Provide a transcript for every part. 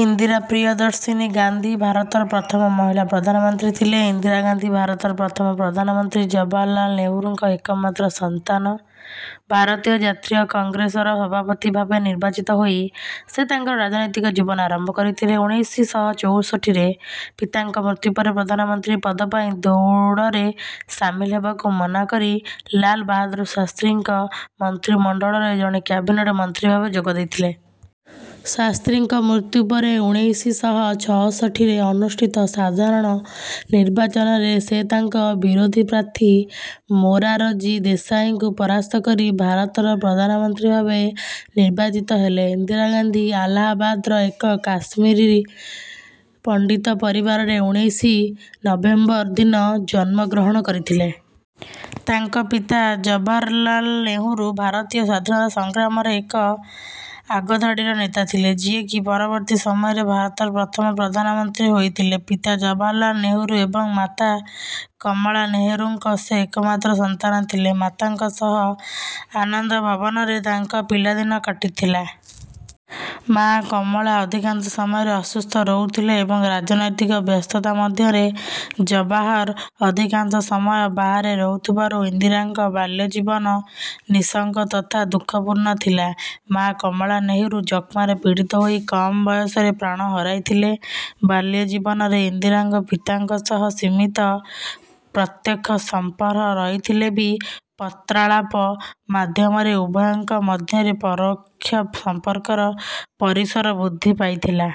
ଇନ୍ଦିରା ପ୍ରିୟଦର୍ଶିନୀ ଗାନ୍ଧୀ, ଭାରତର ପ୍ରଥମ ମହିଳା ପ୍ରଧାନମନ୍ତ୍ରୀ ଥିଲେ। ଇନ୍ଦିରା ଗାନ୍ଧୀ ଭାରତର ପ୍ରଥମ ପ୍ରଧାନ ମନ୍ତ୍ରୀ ଜବାହରଲାଲ ନେହେରୁଙ୍କ ଏକମାତ୍ର ସନ୍ତାନ। ଭାରତୀୟ ଜାତୀୟ କଂଗ୍ରେସର ସଭାପତି ଭାବେ ନିର୍ବାଚିତ ହୋଇ ସେ ତାଙ୍କର ରାଜନୈତିକ ଜୀବନ ଆରମ୍ଭ କରିଥିଲେ। ଉଣେଇଶି ଶହ ଚଉଷଠିରେ ପିତାଙ୍କ ମୃତ୍ୟୁ ପରେ ପ୍ରଧାନ ମନ୍ତ୍ରୀ ପଦପାଇଁ ଦୌଡରେ ସାମିଲ ହେବାକୁ ମନାକରି ଲାଲ ବାହାଦୁର ଶାସ୍ତ୍ରୀଙ୍କ ମନ୍ତ୍ରୀମଣ୍ଡଳରେ ଜଣେ କ୍ୟାବିନେଟ ମନ୍ତ୍ରୀଭାବେ ଯୋଗ ଦେଇଥିଲେ। ଶାସ୍ତ୍ରୀଙ୍କ ମୃତ୍ୟୁପରେ, ଉଣେଇଶି ଶହ ଛଅଷଠିରେ ଅନୁଷ୍ଠିତ ସାଧାରଣ ନିର୍ବାଚନରେ ସେ ତାଙ୍କ ବିରୋଧୀ ପ୍ରାର୍ଥୀ ମୋରାରଜୀ ଦେଶାଇଙ୍କୁ ପରାସ୍ତ କରି ଭାରତର ପ୍ରଧାନ ମନ୍ତ୍ରୀ ଭାବେ ନିର୍ବାଚିତ ହେଲେ। ଇନ୍ଦିରା ଗାନ୍ଧୀ ଆଲାହାବାଦର ଏକ କାଶ୍ମୀରୀ ପଣ୍ଡିତ ପରିବାରରେ ଉଣେଇଶି ନଭେମ୍ବର, ଦିନ ଜନ୍ମ ଗ୍ରହଣ କରିଥିଲେ। ତାଙ୍କ ପିତା ଜବାହରଲାଲ ନେହେରୁ ଭାରତୀୟ ସ୍ୱାଧୀନତା ସଂଗ୍ରାମରେ ଏକ ଆଗଧାଡିର ନେତା ଥିଲେ ଯିଏ କି ପରବର୍ତ୍ତୀ ସମୟରେ ଭାରତର ପ୍ରଥମ ପ୍ରଧାନ ମନ୍ତ୍ରୀ ହୋଇଥିଲେ। ପିତା ଜବାହରଲାଲ ନେହେରୁ ଏବଂ ମାତା କମଳା ନେହେରୁଙ୍କ ସେ ଏକମାତ୍ର ସନ୍ତାନ ଥିଲେ। ମାତାଙ୍କ ସହ ଆନନ୍ଦ ଭବନରେ ତାଙ୍କ ପିଲାଦିନ କଟିଥିଲା। ମାଆ କମଳା ଅଧିକାଂଶ ସମୟରେ ଅସୁସ୍ଥ ରହୁଥିଲେ ଏବଂ ରାଜନୈତିକ ବ୍ୟସ୍ତତା ମଧ୍ୟରେ ଜବାହର ଅଧିକାଂଶ ସମୟ ବାହାରେ ରହୁଥିବାରୁ ଇନ୍ଦିରାଙ୍କ ବାଲ୍ୟଜୀବନ ନିଃସଙ୍ଗ ତଥା ଦୁଃଖପୂର୍ଣ୍ଣ ଥିଲା। ମାଆ କମଳା ନେହରୁ ଯକ୍ଷ୍ମାରେ ପୀଡିତ ହୋଇ କମ୍ ବୟସରେ ପ୍ରାଣ ହରାଇଥିଲେ। ବାଲ୍ୟ ଜୀବନରେ ଇନ୍ଦିରାଙ୍କ ପିତାଙ୍କ ସହ ସୀମିତ ପ୍ରତ୍ୟକ୍ଷ ସଂପର୍ହ ରହିଥିଲେ ବି ପତ୍ରାଳାପ ମାଧ୍ୟମରେ ଉଭୟଙ୍କ ମଧ୍ୟରେ ପରୋକ୍ଷ ସମ୍ପର୍କର ପରିସର ବୃଦ୍ଧି ପାଇଥିଲା।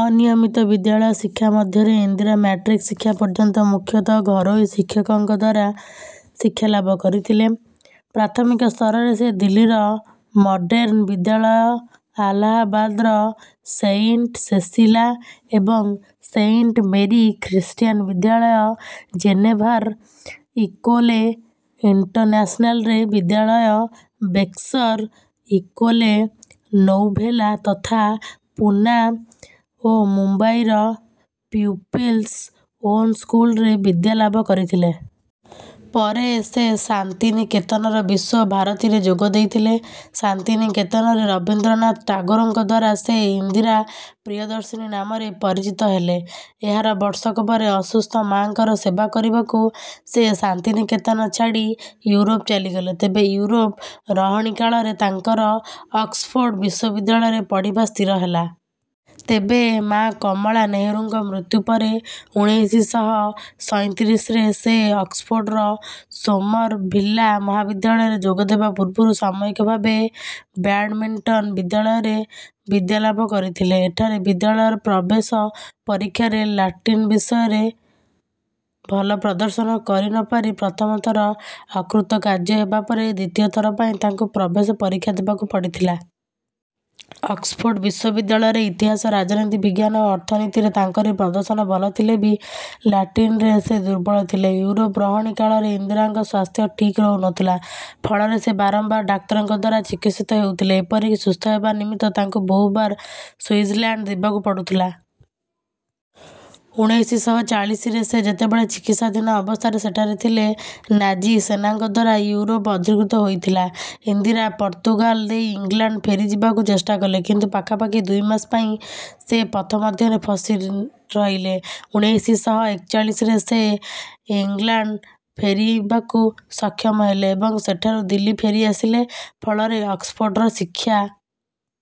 ଅନିୟମିତ ବିଦ୍ୟାଳୟ ଶିକ୍ଷା ମଧ୍ୟରେ ଇନ୍ଦିରା ମାଟ୍ରିକ ଶିକ୍ଷା ପର୍ଯ୍ୟନ୍ତ ମୁଖ୍ୟତଃ ଘରୋଇ ଶିକ୍ଷକଙ୍କଦ୍ୱାରା ଶିକ୍ଷା ଲାଭ କରିଥିଲେ। ପ୍ରାଥମିକ ସ୍ତରରେ ସେ ଦିଲ୍ଲୀର ମୋଡେର୍ଣ୍ଣ ବିଦ୍ୟାଳୟ, ଆଲାହାବାଦର ସେଇଣ୍ଟ ସେସିଲା ଏବଂ ସେଇଣ୍ଟ ମେରୀ ଖ୍ରୀଷ୍ଟୀୟାନ ବିଦ୍ୟାଳୟ ଜେନେଭାର ଇକୋଲେ ଇଣ୍ଟନ୍ୟାସନାଲେ ବିଦ୍ୟାଳୟ, ବେକ୍ସର ଇକୋଲେ ନୌଭେଲା ତଥା ପୁନା ଓ ମୁମ୍ବାଇର ପ୍ୟୂପିଲସ୍ ଓନ୍ ସ୍କୁଲରେ ବିଦ୍ୟାଲାଭ କରିଥିଲେ। ପରେ ସେ ଶାନ୍ତିନିକେତନର ବିଶ୍ୱ ଭାରତୀରେ ଯୋଗ ଦେଇଥିଲେ। ଶାନ୍ତିନିକେତନରେ ରବିନ୍ଦ୍ରନାଥ ଟାଗୋରଙ୍କଦ୍ୱାରା ସେ ଇନ୍ଦିରା ପ୍ରିୟଦର୍ଶିନୀ ନାମରେ ପରିଚିତ ହେଲେ। ଏହାର ବର୍ଷକ ପରେ ଅସୁସ୍ଥ ମାଁଙ୍କର ସେବା କରିବାକୁ ସେ ଶାନ୍ତିନିକେତନ ଛାଡି ଇଉରୋପ ଚାଲିଗଲେ। ତେବେ ଇଉରୋପ ରହଣିକାଳରେ ତାଙ୍କର ଅକ୍ସଫୋର୍ଡ ବିଶ୍ୱବିଦ୍ୟାଳୟରେ ପଢିବା ସ୍ଥିର ହେଲା। ତେବେ ମାଁ କମଳା ନେହେରୁଙ୍କ ମୃତ୍ୟୁ ପରେ ଉଣେଇଶି ଶହ ସଇଁତିରିଶ ରେ ସେ ଅକ୍ସଫୋର୍ଡର ସୋମରଭିଲ୍ଲା ମହାବିଦ୍ୟାଳରେ ଯୋଗଦେବା ପୂର୍ବରୁ ସାମୟିକ ଭାବେ ବ୍ୟାଡମିଣ୍ଟନ୍ ବିଦ୍ୟାଳୟରେ ବିଦ୍ୟାଲାଭ କରିଥିଲେ। ଏଠାରେ ବିଦ୍ୟାଳୟର ପ୍ରବେଶ ପରୀକ୍ଷାରେ ଲାଟିନ ବିଷୟରେ ଭଲ ପ୍ରଦର୍ଶନ କରି ନ ପାରି ପ୍ରଥମ ଥର ଅକୃତକାର୍ଯ୍ୟ ହେବାପରେ ଦ୍ୱିତୀୟ ଥର ପାଇଁ ତାଙ୍କୁ ପ୍ରବେଶ ପରୀକ୍ଷା ଦେବାକୁ ପଡିଥିଲା। ଅକ୍ସଫୋର୍ଡ ବିଶ୍ୱବିଦ୍ୟାଳୟରେ ଇତିହାସ, ରାଜନୀତି ବିଜ୍ଞାନ ଓ ଅର୍ଥନୀତିରେ ତାଙ୍କରି ପ୍ରଦର୍ଶନ ଭଲ ଥିଲେ ବି ଲାଟିନରେ ସେ ଦୁର୍ବଳ ଥିଲେ। ଇଉରୋପ ରହଣୀ କାଳରେ ଇନ୍ଦିରାଙ୍କ ସ୍ୱାସ୍ଥ୍ୟ ଠିକ୍ ରହୁ ନ ଥିଲା। ଫଳରେ ସେ ବାରମ୍ବାର ଡାକ୍ତରଙ୍କଦ୍ୱାରା ଚିକିତ୍ସିତ ହେଉଥିଲେ। ଏପରିକି ସୁସ୍ଥ ହେବା ନିମିତ୍ତ ତାଙ୍କୁ ବହୁବାର ସୁଇଜରଲାଣ୍ଡ ଯିବାକୁ ପଡିଥିଲା। ଉଣେଇଶି ଶହ ଚାଳିଶିରେ ସେ ଯେତେବେଳେ ଚିକିତ୍ସାଧୀନ ଅବସ୍ଥାରେ ସେଠାରେ ଥିଲେ, ନାଜିସେନାଙ୍କଦ୍ୱାରା ଇଉରୋପ ଅଧିକୃତ ହୋଇଥିଲା। ଇନ୍ଦିରା ପର୍ତ୍ତୁଗାଲ ଦେଇ ଇଂଲାଣ୍ଡ ଫେରିଯିବାକୁ ଚେଷ୍ଟା କଲେ, କିନ୍ତୁ ପାଖାପାଖି ଦୁଇମାସ ପାଇଁ ସେ ପଥମଧ୍ୟରେ ଫସି ରହିଲେ। ଉଣେଇଶି ଶହ ଏକଚାଳିଶରେ ସେ ଇଂଲାଣ୍ଡ ଫେରିବାକୁ ସକ୍ଷମ ହେଲେ ଏବଂ ସେଠାରୁ ଦିଲ୍ଲୀ ଫେରିଆସିଲେ। ଫଳରେ ଅକ୍ସଫୋର୍ଡର ଶିକ୍ଷା